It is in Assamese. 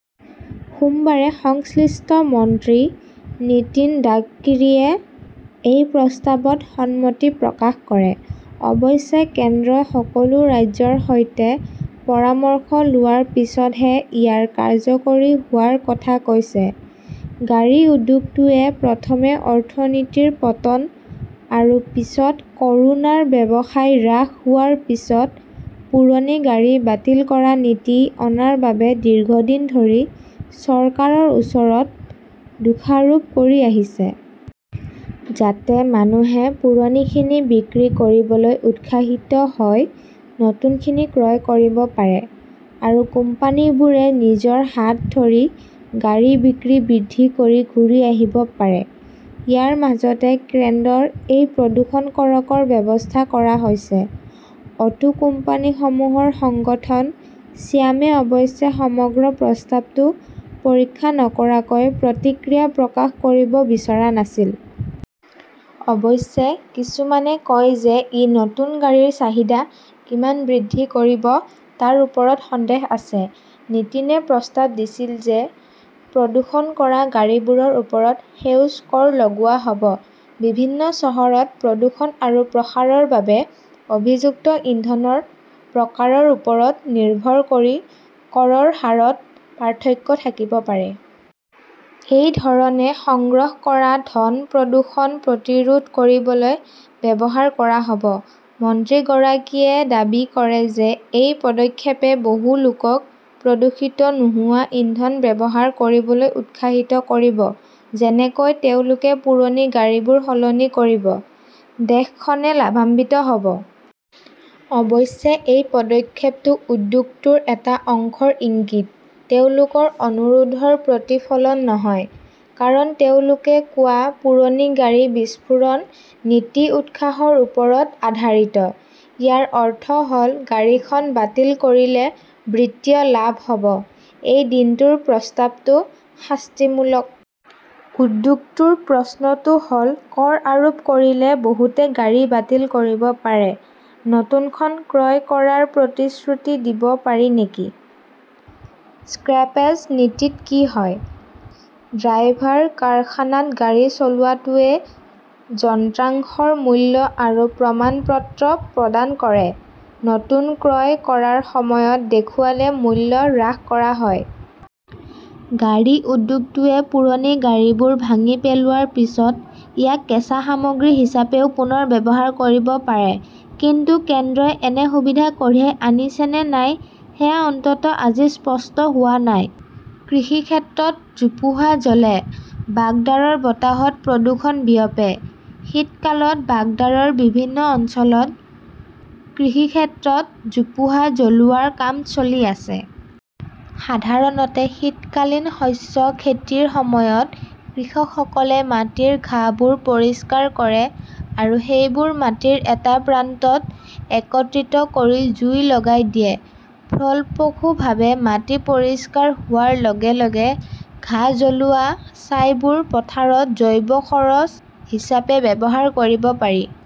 সোমবাৰে সংশ্লিষ্ট মন্ত্ৰী নিতিন গাডকীৰীয়ে এই প্ৰস্তাৱত সন্মতি প্ৰকাশ কৰে। অৱশ্যে, কেন্দ্ৰই সকলো ৰাজ্যৰ সৈতে পৰামৰ্শ লোৱাৰ পিছতহে ইয়াৰ কাৰ্যকৰী হোৱাৰ কথা কৈছে। গাড়ী উদ্যোগটোৱে প্ৰথমে অৰ্থনীতিৰ পতন আৰু পিছত কৰোনাৰ ব্যৱসায় হ্ৰাস হোৱাৰ পিছত পুৰণি গাড়ী বাতিল কৰা নীতি অনাৰ বাবে দীৰ্ঘদিন ধৰি চৰকাৰৰ ওচৰত দোষাৰোপ কৰি আহিছে। যাতে মানুহে পুৰণিখিনি বিক্ৰী কৰিবলৈ উৎসাহিত হৈ নতুনখিনি ক্ৰয় কৰিব পাৰে। আৰু কোম্পানীবোৰে নিজৰ হাত ধৰি গাড়ী বিক্ৰী বৃদ্ধি কৰি ঘূৰি আহিব পাৰে। ইয়াৰ মাজতে কেন্দ্ৰৰ এই প্ৰদূষণ কৰকৰ ব্যৱস্থা কৰা হৈছে। অটো কোম্পানীসমূহৰ সংগঠন ছিয়ামে অৱশ্যে সমগ্ৰ প্ৰস্তাৱটো পৰীক্ষা নকৰাকৈ প্ৰতিক্ৰিয়া প্ৰকাশ কৰিব বিচৰা নাছিল। অৱশ্যে, কিছুমানে কয় যে ই নতুন গাড়ীৰ চাহিদা কিমান বৃদ্ধি কৰিব তাৰ ওপৰত সন্দেহ আছে। নিটিনে প্ৰস্তাৱ দিছিল যে প্ৰদূষণ কৰা গাড়ীবোৰৰ ওপৰত সেউজ কৰ লগোৱা হ 'ব। বিভিন্ন চহৰত প্ৰদূষণ আৰু প্ৰসাৰৰ বাবে অভিযুক্ত ইন্ধনৰ প্ৰকাৰৰ ওপৰত নিৰ্ভৰ কৰি কৰৰ হাৰত পাৰ্থক্য থাকিব পাৰে। এই ধৰণে সংগ্ৰহ কৰা ধন প্ৰদূষণ প্ৰতিৰোধ কৰিবলৈ ব্যৱহাৰ কৰা হব। মন্ত্ৰীগৰাকীয়ে দাবী কৰে যে এই পদক্ষেপে বহু লোকক প্ৰদূষিত নোহোৱা ইন্ধন ব্যৱহাৰ কৰিবলৈ উৎসাহিত কৰিব, যেনেকৈ তেওঁলোকে পুৰণি গাড়ীবোৰ সলনি কৰিব। দেশখনে লাভান্বিত হব। অৱশ্যে, এই পদক্ষেপটো উদ্যোগটোৰ এটা অংশৰ ইংগিত, তেওঁলোকৰ অনুৰোধৰ প্ৰতিফলন নহয়। কাৰণ, তেওঁলোকে কোৱা পুৰণি গাড়ী বিস্ফোৰণ নীতি উৎসাহৰ ওপৰত আধাৰিত। ইয়াৰ অৰ্থ হল গাড়ীখন বাতিল কৰিলে বিত্তীয় লাভ হব। এই দিনটোৰ প্ৰস্তাৱটো শাস্তিমূলক। উদ্যোগটোৰ প্ৰশ্নটো হ'ল, কৰ আৰোপ কৰিলে বহুতে গাড়ী বাতিল কৰিব পাৰে। নতুনখন ক্ৰয় কৰাৰ প্ৰতিশ্ৰুতি দিব পাৰি নেকি? স্ক্ৰেপেজ নীতিত কি হয়। ড্ৰাইভাৰ কাৰখানাত গাড়ী চলোৱাটোৱে যন্ত্ৰাংশৰ মূল্য আৰু প্ৰমাণপত্ৰ প্ৰদান কৰে। নতুন ক্ৰয় কৰাৰ সময়ত দেখুৱালে মূল্য হ্ৰাস কৰা হয়। গাড়ী উদ্যোগটোৱে পুৰণি গাড়ীবোৰ ভাঙি পেলোৱাৰ পিছত ইয়াক কেঁচা সামগ্ৰী হিচাপেও পুনৰ ব্যৱহাৰ কৰিব পাৰে। কিন্তু কেন্দ্ৰই এনে সুবিধা কঢ়িয়াই আনিছে নে নাই সেয়া অন্ততঃ আজি স্পষ্ট হোৱা নাই। কৃষিক্ষেত্ৰত জোপোহা জ্বলে, বাগদাৰৰ বতাহত প্ৰদূষণ বিয়পে শীতকালত বাগদাৰৰ বিভিন্ন অঞ্চলত কৃষিক্ষেত্ৰত জোপোহা জ্বলোৱাৰ কাম চলি আছে। সাধাৰণতে শীতকালীন শস্য খেতিৰ সময়ত, কৃষকসকলে মাটিৰ ঘাঁহবোৰ পৰিষ্কাৰ কৰে আৰু সেইবোৰ মাটিৰ এটা প্ৰান্তত একত্ৰিত কৰি জুই লগাই দিয়ে। ফলপ্ৰসূভাৱে মাটি পৰিষ্কাৰ হোৱাৰ লগে-লগে ঘাঁহ জ্বলোৱা ছাইবোৰ পথাৰত জৈৱ খৰচ হিচাপে ব্যৱহাৰ কৰিব পাৰি।